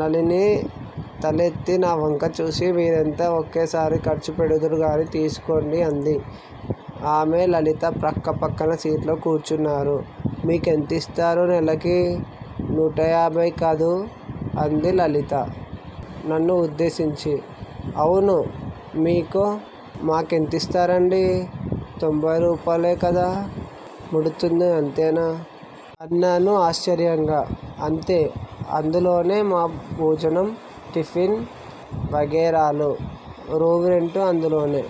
నళిని తల ఎత్తి నా వంక చూసి మీరంతా ఒకేసారి ఖర్చు పెడుదురుగానీ, తీసుకోండి అంది. ఆమె, లలితా ప్రక్క ప్రక్క సీట్లో కూర్చున్నారు. మీకెంత యిస్తారు నెలకి? నూటయాభయి కదూ' అంది లలిత, నన్ను ఉద్దేశించి. అవును. మీకో? మా కెంతిస్తారండీ? తొంభయి రూపాయలేకదా ముడుతుంది అంతేనా? అన్నాను ఆశ్చర్యంగా. అంతే! అందులోనే మా భోజనం, టిఫిన్ వగైరాలు, రూమ్ రెంటూ అందులోనే.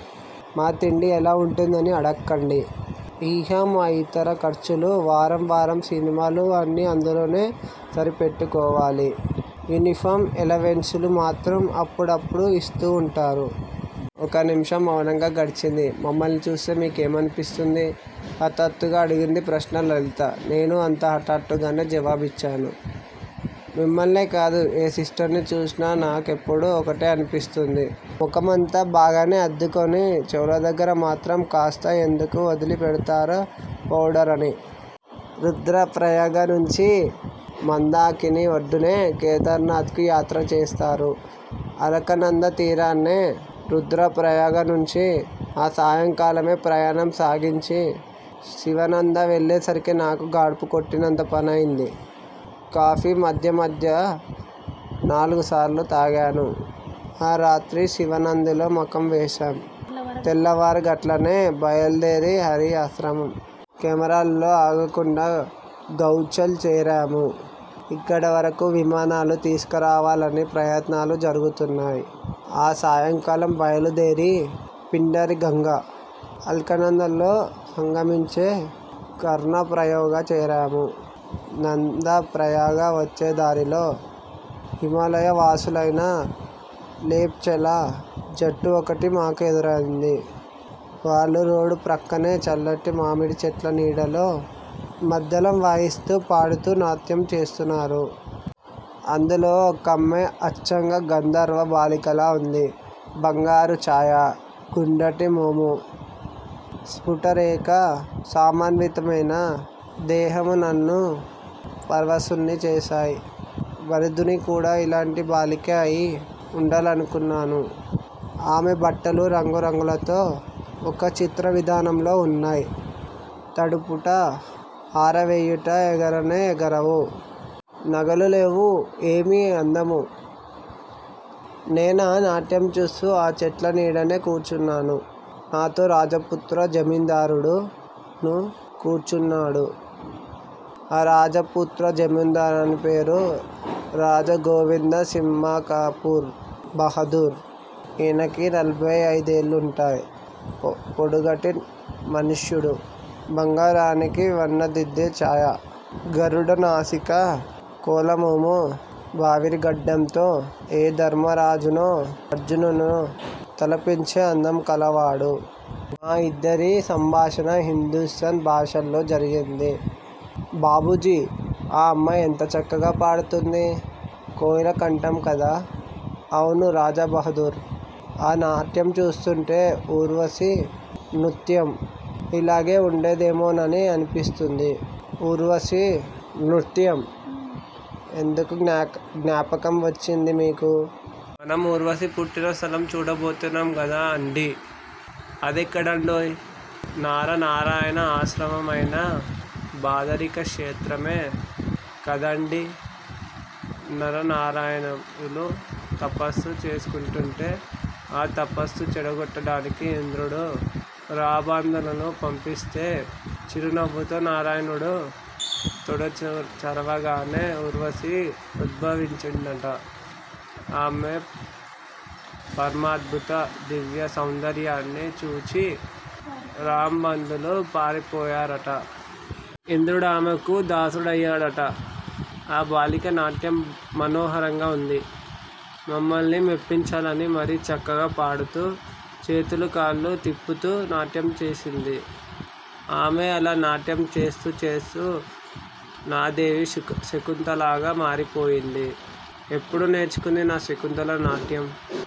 మా తిండి ఎలా వుంటుందని అడక్కండి. ఇహ మా యితర ఖర్చులూ, వారం వారం సినిమాలూ అన్నీ అందులోనే సరి పెట్టుకోవాలి, యూనిఫాం ఎలవెన్సులు మాత్రం అప్పుడప్పుడూ యిస్తూ వుంటారు. ఒక నిముషం మౌనంగా గడిచింది. మమ్మల్ని చూస్తే మీ కేమనిపిస్తుంది? హఠాత్తుగా అడిగిందీ ప్రశ్న లలిత. నేనూ అంత హఠాత్తుగానే జవాబిచ్చాను! మిమ్మల్నే కాదు, ఏ సిస్టర్ని చూసినా నా కెప్పుడూ ఒకటే అనిపిస్తుంది _ ముఖమంతా బాగానే అద్దుకుని చెవుల దగ్గర మాత్రం కాస్త ఎందుకు వదిలి పెడతారా పౌడర్ అని. రుద్రప్రయాగనుంచి మందాకిని ఒడ్డునే కేదారనాథ్ కు యాత్ర చేస్తారు. అలకనందా తీరాన్నే రుద్రప్రయాగనుంచి ఆ సాయంకాలమే ప్రయాణం సాగించి, శివనంద వెళ్ళేసరికి నాకు గాడ్పు కొట్టినంత పనైంది. కాఫీ మధ్య మధ్య నాలుగు సారులు తాగాను. ఆ రాత్రి శివనందిలో మకాం వేశాం. తెల్లవారగట్లనే బయలుదేరి హరి ఆశ్రమం. ఖమెరాలలో ఆగకుండా గౌచాల్ చేరాము. ఇక్కడవరకు విమానాలు తీసుకరావాలని ప్రయత్నాలు జరుగుతున్నాయి. ఆ సాయంకాలం బయలుదేరి, పిండారిగంగ అలకనందలో సంగమించే కర్ణప్రయోగ చేరాము. నందప్రయాగ వచ్చేదారిలో హిమాలయవాసులైన లేప్చాల జట్టు ఒకటి మా కెదురైంది. వాళ్ళు రోడ్డు ప్రక్కనే చల్లటి మామిడిచెట్ల నీడలో మద్దళం వాయిస్తూ పాడుతూ నాట్యం చేస్తున్నారు. అందులో ఒక అమ్మాయి అచ్చంగా గంధర్వ బాలికలా ఉంది. బంగారు చాయ, గుండ్రటి మోము, స్పుటరేఖా సమన్వితమైన దేహమూ నన్ను పరవశుణ్ణి చేశాయి. వరూధిని కూడా ఈలాంటి బాలికే అయి ఉండాలనుకున్నాను. ఆమె బట్టలు రంగు రంగులతో ఒక చిత్రవిధానంలో వున్నాయి, తడుపుట, ఆరవేయుట ఎగరనే ఎగరవు. నగలూ లేవు. ఏమి అందము! నేనా నాట్యం చూస్తూ ఆ చెట్లనీడనే కూర్చున్నాను. నాతో రాజపుత్ర జమీందారుడును కూర్చున్నాడు. ఆ రాజపుత్ర జమీందారుని పేరు రాజగోవిందసింహకపూర్ బహదూర్, ఈయనకు నలభై అయిదేళ్ళుంటాయి. పొడుగాటి మనుష్యుడు. బంగారానికి వన్నెదిద్దే చాయ. గరుడనాసిక, కోలమోము, బవిరి గడ్డంతో ఏ ధర్మరాజునో, అర్జునుణ్ణో తలపించే అందం కలవాడు. మా ఇద్దరి సంభాషణ హిందూస్థాన్ భాషలో జరిగింది. ''బాబూజీ! ఆ అమ్మాయి ఎంత చక్కగా పాడుతోంది. కోయిల కంఠం కాదా? '' ''అవును రాజబహదూర్! ఆ నాట్యం చూస్తోంటే ఊర్వశి నృత్యం ఈలాగే వుండేదేమోనని అనిపిస్తుంది. '' ''ఊర్వశి నృత్యం ఎందుకు జ్ఞాపకం వచ్చింది మీకు? '' ''మనం ఊర్వశి పుట్టిన స్థలం చూడబోతున్నాం గాదా అండి? '' ''అదేక్కడండోయ్?! '' ''నరనారాయణాశ్రమమైన బాదరికా క్షేత్రమే కదాండి. నరనారాయణులు తపస్సు చేసుకుంటుంటే, ఆ తపస్సు చెడగొట్టడానికి ఇంద్రుడు రంబాందులను పంపిస్తే చిరునవ్వతో నారాయణుడు తొడ చరవగానే, ఊర్వశి ఉద్భవించిందట. ఆమె పరమాద్భుత దివ్య సౌందర్యాన్ని చూచి రంబాందులు పారిపోయారట. ఇంద్రు డామెకు దాసుడయ్యాడట. ఆ బాలిక నాట్యం మనోహరంగా ఉంది. మమ్మల్ని మెప్పించాలని మరీ చక్కగా పాడుతూ, చేతులూ కాళ్ళూ తిప్పుతూ నాట్యం చేసింది. ఆమె అలా నాట్యం చేస్తూ, చేస్తూ నాదేవి శకుంతలగా మారిపోయింది. ఎప్పుడు నేర్చుకుంది నా శకుంతల నాట్యం?